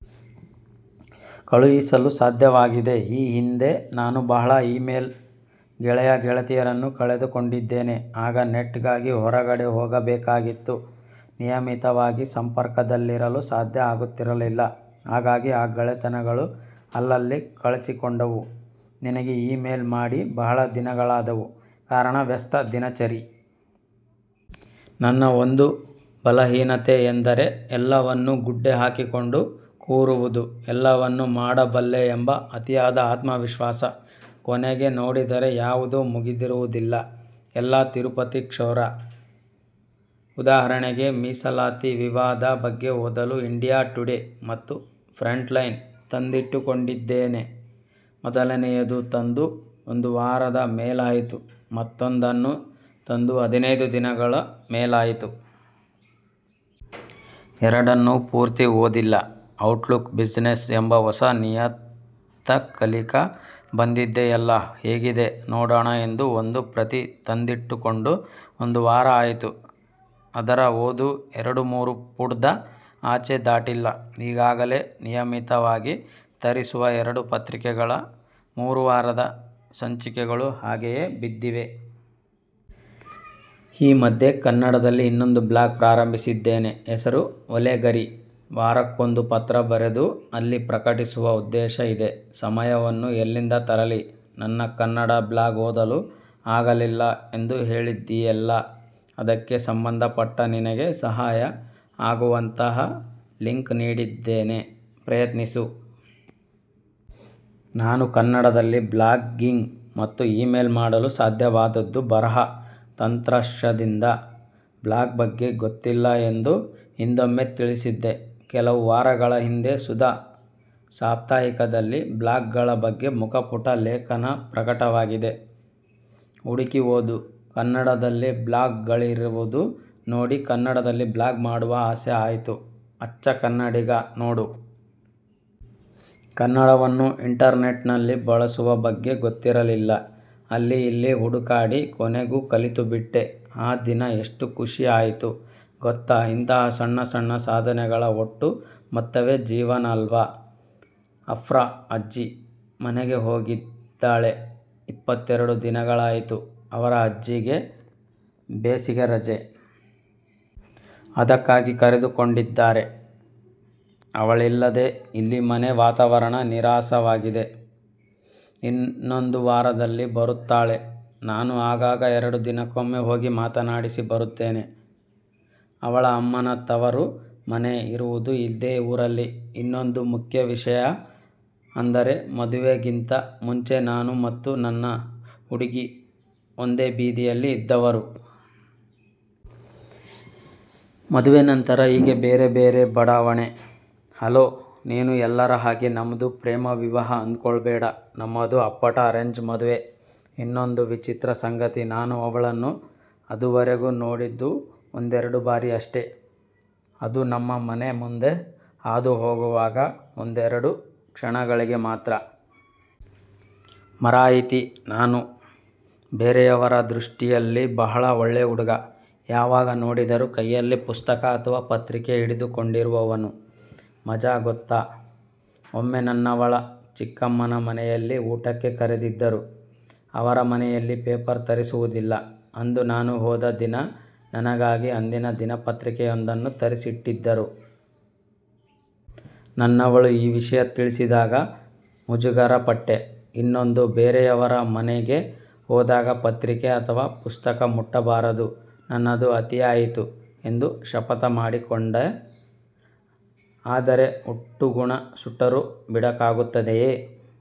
ಕಳುಹಿಸಲು ಸಾಧ್ಯವಾಗಿದೆ. ಈ ಹಿಂದೆ ನಾನು ಬಹಳ ಈ-ಮೇಲ್ ಗೆಳೆಯ-ಗೆಳತಿಯರನ್ನು ಕಳೆದು ಕೊಂಡಿದ್ದೇನೆ. ಆಗ ನೆಟ್ ಗಾಗಿ ಹೊರಗಡೆ ಹೋಗ ಬೇಕಾಗಿತ್ತು. ನಿಯಮಿತವಾಗಿ ಸಂಪರ್ಕದಲ್ಲಿರಲು ಸಾಧ್ಯ ಆಗುತ್ತಿರಲಿಲ್ಲ. ಹಾಗಾಗಿ ಆ ಗೆಳೆತನಗಳು ಅಲ್ಲಲ್ಲಿ ಕಳಚಿಕೊಂಡವು. ನಿನಗೆ ಈ-ಮೇಲ್ ಮಾಡಿ ಬಹಳ ದಿನಗಳಾದವು. ಕಾರಣ ವ್ಯಸ್ತ ದಿನಚರಿ. ನನ್ನ ಒಂದು ಬಲಹೀನತೆ ಎಂದರೆ ಎಲ್ಲವನ್ನು ಗುಡ್ಡೆ ಹಾಕಿಕೊಂಡು ಕೂರುವುದು. ಎಲ್ಲಾವನ್ನು ಮಾಡಬಲ್ಲೆ ಎಂಬ ಅತಿಯಾದ ಆತ್ಮವಿಶ್ವಾಸ. ಕೊನೆಗೆ ನೋಡಿದರೆ ಯವುದೂ ಮುಗಿದಿರುವುದಿಲ್ಲ. ಎಲ್ಲಾ 'ತಿರುಪತಿ ಕ್ಷೌರ' ಉದಾಹರಣೆಗೆ, ಮಿಸಲಾತಿ ವಿವಾದ ಬಗ್ಗೆ ಓದಲು 'ಇಂಡಿಯ ಟುಡೆ' ಮತ್ತು 'ಫ್ರಂಟ್ ಲೈನ್' ತಂದಿಟ್ಟುಕೊಂಡಿದ್ದೇನೆ. ಮೊದಲನೆಯದು ತಂದು ಒಂದು ವಾರದ ಮೇಲಾಯಿತು ಮತ್ತೊಂದನ್ನು ತಂದು ಹದಿನೈದು ದಿನಗಳ ಮೇಲಾಯಿತು. ಎರಡನ್ನೂ ಪೂರ್ತಿ ಓದಿಲ್ಲ! 'ಔಟ್ ಲುಕ್ ಬಿಸಿನೆಸ್' ಎಂಬ ಹೊಸ ನಿಯತಕಲಿಕ ಬಂದಿದೆಯಲ್ಲ ಹೇಗಿದೆ ನೋಡೋಣ ಎಂದು ಒಂದು ಪ್ರತಿ ತಂದ್ದಿಟ್ಟುಕೊಂಡು ಒಂದು ವಾರ ಆಯಿತು, ಅದರ ಓದು ಎರಡು ಮೂರು ಪುಟ್ದ ಆಚೆ ದಾಟಿಲ್ಲ. ಈಗಾಗಲೆ ನಿಯಮಿತವಾಗಿ ತರಿಸುವ ಎರಡು ಪತ್ರಿಕೆಗಳ ಮೂರು ವಾರದ ಸಂಚಿಕೆಗಳು ಹಾಗೆಯೇ ಬಿದ್ದಿವೆ. ಈ ಮಧ್ಯೆ ಕನ್ನಡದಲ್ಲಿ ಇನ್ನೊಂದು ಬ್ಲಾಗ್ ಪ್ರಾರಂಭಿಸಿದ್ದೇನೆ. ಹೆಸರು 'ಓಲೆಗರಿ'. ವಾರಕ್ಕೊಂದು ಪತ್ರ ಬರೆದು ಅಲ್ಲಿ ಪ್ರಕಟಿಸುವ ಉದ್ದೇಶ ಇದೆ. ಸಮಯವನ್ನು ಎಲ್ಲಿಂದ ತರಲಿ? ನನ್ನ ಕನ್ನಡ ಬ್ಲಾಗ್ ಓದಲು ಆಗಲಿಲ್ಲ ಎಂದು ಹೇಳಿದಿಯೆಲ್ಲಾ, ಅದಕ್ಕೆ ಸಂಬಂದಪಟ್ಟ ನಿನಗೆ ಸಹಾಯ ಆಗುವಂತಹ ಲಿಂಕ್ ನೀಡಿದ್ದೇನೆ ಪ್ರಯತ್ನಿಸು. ನಾನು ಕನ್ನಡದಲ್ಲಿ ಬ್ಲಾಗಿಂಗ್ ಮತ್ತು ಈ-ಮೇಲ್ ಮಾಡಲು ಸಾಧ್ಯವಾದದ್ದು 'ಬರಹ' ತಂತ್ರಾಂಶದಿಂದ. ಬ್ಲಾಗ್ ಬಗ್ಗೆ ಗೊತ್ತಿಲ್ಲ ಎಂದು ಹಿಂದೊಮ್ಮೆ ತಿಳಿಸಿದ್ದೆ. ಕೆಲವು ವಾರಗಳ ಹಿಂದೆ 'ಸುಧಾ' ಸಾಪ್ತಾಹಿಕದಲ್ಲಿ ಬ್ಲಾಗ್ ಗಳ ಬಗ್ಗೆ ಮುಖಪುಟ ಲೇಖನ ಪ್ರಕಟವಾಗಿದೆ. ಹುಡುಕಿ ಓದು. ಕನ್ನಡದಲ್ಲಿ ಬ್ಲಾಗ್ ಗಳಿರುವುದು ನೋಡಿ ಕನ್ನಡದಲ್ಲಿ ಬ್ಲಾಗ್ ಮಾಡುವ ಆಸೆ ಆಯಿತು, ಅಚ್ಚ ಕನ್ನಡಿಗ ನೋಡು. ಕನ್ನಡವನ್ನು ಇಂಟರ್ ನೆಟ್ ನಲ್ಲಿ ಬಳಸುವ ಬಗ್ಗೆ ಗೊತ್ತಿರಲಿಲ್ಲ. ಅಲ್ಲಿ ಇಲ್ಲಿ ಹುಡುಕಾಡಿ ಕೊನೆಗೂ ಕಲಿತುಬಿಟ್ಟೆ. ಆ ದಿನ ಎಷ್ತು ಖುಶಿ ಆಯಿತು ಗೊತ್ತಾ ಇಂತಹ ಸಣ್ಣ ಸಣ್ಣ ಸಾಧನೆಗಳ ಒಟ್ಟು ಮೊತ್ತವೇ ಜೀವನ ಅಲ್ವಾ? ಅಫ್ರಾ ಅಜ್ಜಿ ಮನೆಗೆ ಹೋಗಿದ್ದಾಳೆ. ಇಪ್ಪತ್ತೆರಡು ದಿನಗಳಾಯಿತು. ಅವರ ಅಜ್ಜಿಗೆ ಬೇಸಿಗೆ ರಜೆ. ಅದಕ್ಕಾಗಿ ಕರೆದುಕೊಂಡಿದ್ದಾರೆ. ಅವಳಿಲ್ಲದೆ ಇಲ್ಲಿ ಮನೆ ವಾತವರಣ ನೀರಸವಾಗಿದೆ. ಇನ್ನೊದು ವಾರದಲ್ಲಿ ಬರುತ್ತಾಳೆ. ನಾನು ಆಗಾಗ ಎರಡು ದಿನಕ್ಕೊಮ್ಮೆ ಹೋಗಿ ಮಾತಾಡಿಸಿ ಬರುತ್ತೇನೆ. ಅವಳ ಅಮ್ಮನ ತವರು ಮನೆ ಇರುವುದು ಇದೇ ಊರಲ್ಲಿ. ಇನ್ನೊಂದು ಮುಖ್ಯ ವಿಷಯ ಅಂದರೆ ಮದುವೆಗಿಂತ ಮುಂಚೆ ನಾನು ಮತ್ತು ನನ್ನ 'ಹುಡುಗಿ' ಒಂದೇ ಬೀದಿಯಲ್ಲಿ ಇದ್ದವರು. ಮದುವೆ ನಂತರ ಈಗ ಬೇರೆ ಬೇರೆ ಬಡಾವಣೆ. ಹಲೋ, ನೀನೂ ಎಲ್ಲರ ಹಾಗೆ ನಮ್ಮದು ಪ್ರೇಮ ವಿವಾಹ ಅಂದುಕೊಳ್ಳಬೇಡ ನಮ್ಮದು ಅಪ್ಪಟ ಅರೇಂಜ್ದ್ ಮದುವೆ. ಇನ್ನೊಂದು 'ವಿಚಿತ್ರ'ಸಂಗತಿ; ನಾನು ಅವಳನ್ನು ಅದುವರೆಗೂ ನೊಡಿದ್ದು ಒಂದೆರಡು ಬಾರಿ ಅಷ್ಟೆ. ಅದೂ ನಮ್ಮ ಮನೆ ಮುಂದೆ ಹಾದು ಹೊಗುವಾಗ ಒಂದೆರಡು ಕ್ಷಣಗಳಿಗೆ ಮಾತ್ರ. ಮಾರಾಯಿತಿ ನಾನು ಬೇರೆಯವರ ದೃಷ್ಟಿಯಲ್ಲಿ 'ಬಹಳ ಒಳ್ಳೆ ಹುಡುಗ'. ಯಾವಾಗ ನೋಡಿದರೂ ಕೈಯಲ್ಲಿ ಪುಸ್ತಕ ಅಥವ ಪತ್ರಿಕೆ ಹಿಡಿದುಕೊಂಡಿರುವವನು ಮಜಾ ಗೊತ್ತಾ? ಒಮ್ಮೆ ನನ್ನವಳ ಚಿಕ್ಕಮ್ಮನ ಮನೆಯಲ್ಲಿ ಊಟಕ್ಕೆ ಕರೆದಿದ್ದರು. ಅವರ ಮನೆಯಲ್ಲಿ ಪೇಪರ್ ತರಿಸುವುದಿಲ್ಲ. ಅಂದು ನಾನು ಹೋದ ದಿನ ನನಗಾಗಿ ಅಂದಿನ ದಿನಪತ್ರಿಕೆಯೊಂದನ್ನು ತರಿಸಿಟ್ಟಿದ್ದರು. ನನ್ನವಳು ಈ ವಿಷಯ ತಿಳಿಸಿದಾಗ ಮುಜುಗರ ಪಟ್ಟೆ. ಇನ್ನೆಂದೂ ಬೇರೆಯವರ ಮನೆಗೆ ಹೋದಾಗ ಪತ್ರಿಕೆ ಅಥವ ಪುಸ್ತಕ ಮುಟ್ಟಬಾರದು, ನನ್ನದು ಅತಿಯಾಯಿತು ಎಂದು ಶಪಥ ಮಾಡಿಕೊಂಡೆ. ಆದರೆ ಹುಟ್ಟುಗುಣ ಸುಟ್ಟರೂ ಬಿಡಕಾಗುತ್ತದೆಯೇ?